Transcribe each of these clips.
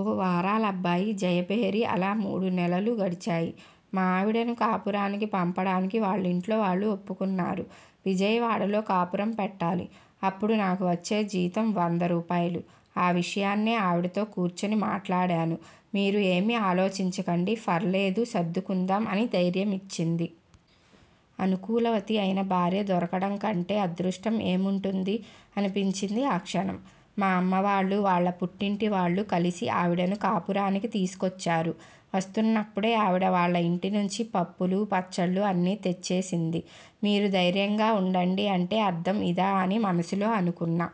ఓ వారాలబ్బాయి జయభేరి అలా మూడు నెలలూ గడిచాయి. మా ఆవిడను కాపురానికి పంపడానికి వాళ్లింట్లో వాళ్లు ఒప్పుకున్నారు. విజయవాడలో కాపురం పెట్టాలి. అప్పుడు నాకు వచ్చే జీతం వంద రూపాయలు. ఆ విషయాన్నే ఆవిడతో కూర్చుని మాట్లాడాను. 'మీరు ఏమీ ఆలోచించకండి, ఫర్లేదు సర్దుకుందాం' అని ధైర్యమిచ్చింది. అనుకూలవతి అయిన భార్య దొరకడంకంటే అదృష్టం ఏం ఉంటుంది? అనిపించింది ఆ క్షణం. మా అమ్మావాళ్లు, వాళ్ల పుట్టింటి వాళ్లు కలిసి ఆవిడను కాపురానికి తీసుకొచ్చారు. వస్తున్నప్పుడే ఆవిడ వాళ్ల ఇంటి నుంచి పప్పులు, పచ్చళ్లు అన్నీ తెచ్చేసింది. 'మీరు ధైర్యంగా ఉండండి' అంటే అర్థం ఇదా అని మనసులో అనుకున్నా.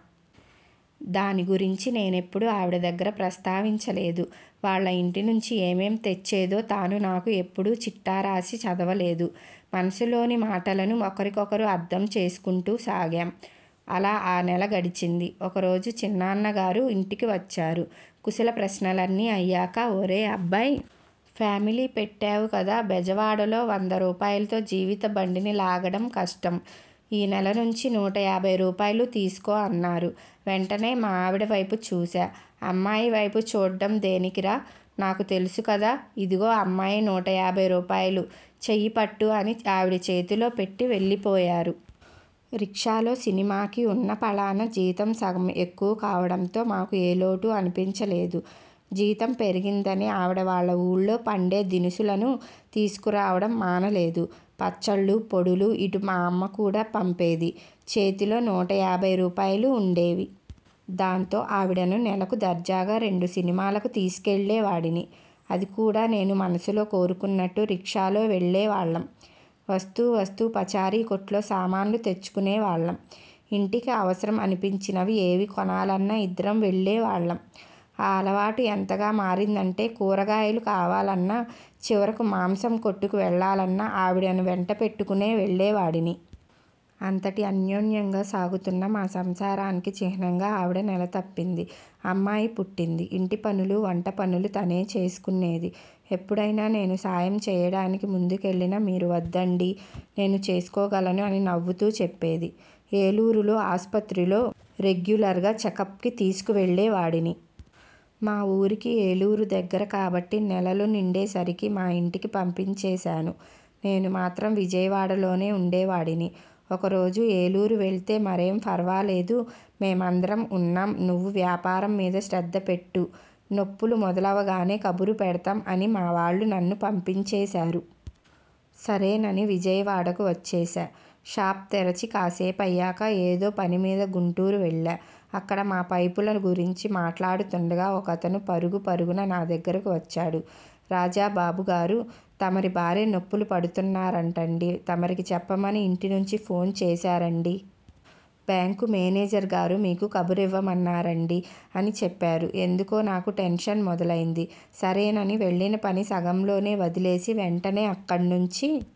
దాని గురించి నేనెప్పుడూ ఆవిడ దగ్గర ప్రస్తావించలేదు. వాళ్ల ఇంటి నుంచి ఏమేం తెచ్చేదో తానూ నాకు ఎప్పుడూ చిట్టా రాసి చదవలేదు. మనసులోని మాటలను ఒకరికొకరం అర్థం చేసుకుంటూ సాగాం. అలా ఆ నెల గడిచింది. ఒకరోజు చిన్నాన్న గారు ఇంటికి వచ్చారు. కుశల ప్రశ్నలన్నీ అయ్యాక 'ఒరే అబ్బాయ్.. ఫ్యామిలీ పెట్టావు కదా. బెజవాడలో వంద రూపాయలతో జీవిత బండిని లాగడం కష్టం. ఈ నెల నుంచి నూట యాభై రూపాయలు తీసుకో' అన్నారు. వెంటనే మా ఆవిడవైపు చూశా. 'అమ్మాయి వైపు చూడ్డం దేనికిరా? నాకు తెలుసు కదా. ఇదిగో అమ్మాయి నూట యాభై రూపాయలు, చెయ్యిపట్టు' అని ఆవిడ చేతిలో పెట్టి వెళ్లిపోయారు. రిక్షాలో సినిమాకి ఉన్న పళాన జీతం సగం ఎక్కువ కావడంతో మాకు ఏ లోటూ అనిపించలేదు. జీతం పెరిగిందని ఆవిడ వాళ్ల ఊళ్లో పండే దినుసులను తీసుకురావడం మానలేదు. పచ్చళ్లు, పొడులు, ఇటు మా అమ్మ కూడా పంపేది. చేతిలో నూట యాభై రూపాయలు ఉండేవి. దాంతో ఆవిడను నెలకు దర్జాగా రెండు సినిమాలకు తీసుకెళ్లే వాడిని. అది కూడా నేను మనసులో కోరుకున్నట్టు రిక్షాలో వెళ్లే వాళ్లం. వస్తూ వస్తూ పచారీ కొట్లో సామాన్లు తెచ్చుకునే వాళ్లం. ఇంటికి అవసరం అనిపించినవి ఏవి కొనాలన్నా ఇద్దరం వెళ్లే వాళ్లం. ఆ అలవాటు ఎంతగా మారిందంటే కూరగాయలు కావాలన్నా, చివరకు మాంసం కొట్టుకు వెళ్లాలన్నా ఆవిడను వెంట పెట్టుకునే వెళ్లేవాడిని. అంతటి అన్యోన్యంగా సాగుతున్న మా సంసారానికి చిహ్నంగా ఆవిడ నెల తప్పింది. అమ్మాయి పుట్టింది! ఇంటి పనులూ, వంట పనులూ తనే చేసుకునేది. ఎప్పుడైనా నేను సాయం చేయడానికి ముందుకెళ్లినా 'మీరు వద్దండి. నేను చేసుకోగలను' అని నవ్వుతూ చెప్పేది. ఏలూరులో ఆసుపత్రిలో రెగ్యులర్గా చెకప్కి తీసుకెళ్లే వాడిని. మా ఊరికి ఏలూరు దగ్గర కాబట్టి నెలలు నిండే సరికి మా ఇంటికి పంపించేశాను. నేను మాత్రం విజయవాడలోనే ఉండేవాడిని. ఒకరోజు ఏలూరు వెళ్తే, 'మరేం ఫర్వాలేదు. మేమందరం ఉన్నాం. నువ్వు వ్యాపారం మీద శ్రద్ధ పెట్టు. నొప్పులు మొదలవగానే కబురుపెడతాం' అని మావాళ్లు నన్ను పంపించేశారు. సరేనని విజయవాడకు వచ్చేశా. షాప్ తెరిచి కాసేపయ్యాక ఏదో పని మీద గుంటూరు వెళ్లా. అక్కడ మా పైపులను గురించి మాట్లాడుతుండగా ఒకతను పరుగు పరుగున నా దగ్గరకు వచ్చాడు. 'రాజ బాబు గారూ.. తమరి భార్య నొప్పులు పడుతున్నారంటండీ. తమరికి చెప్పమని ఇంటి నుంచి ఫోను చేశారండీ. బ్యాంకు మేనేజర్గారు మీకు కబురివ్వమన్నారండీ' అని చెప్పారు. ఎందుకో నాకు టెన్షన్ మొదలైంది. సరేనని వెళ్లిన పని సగంలోనే వదిలేసి, వెంటనే అక్కడినుంచి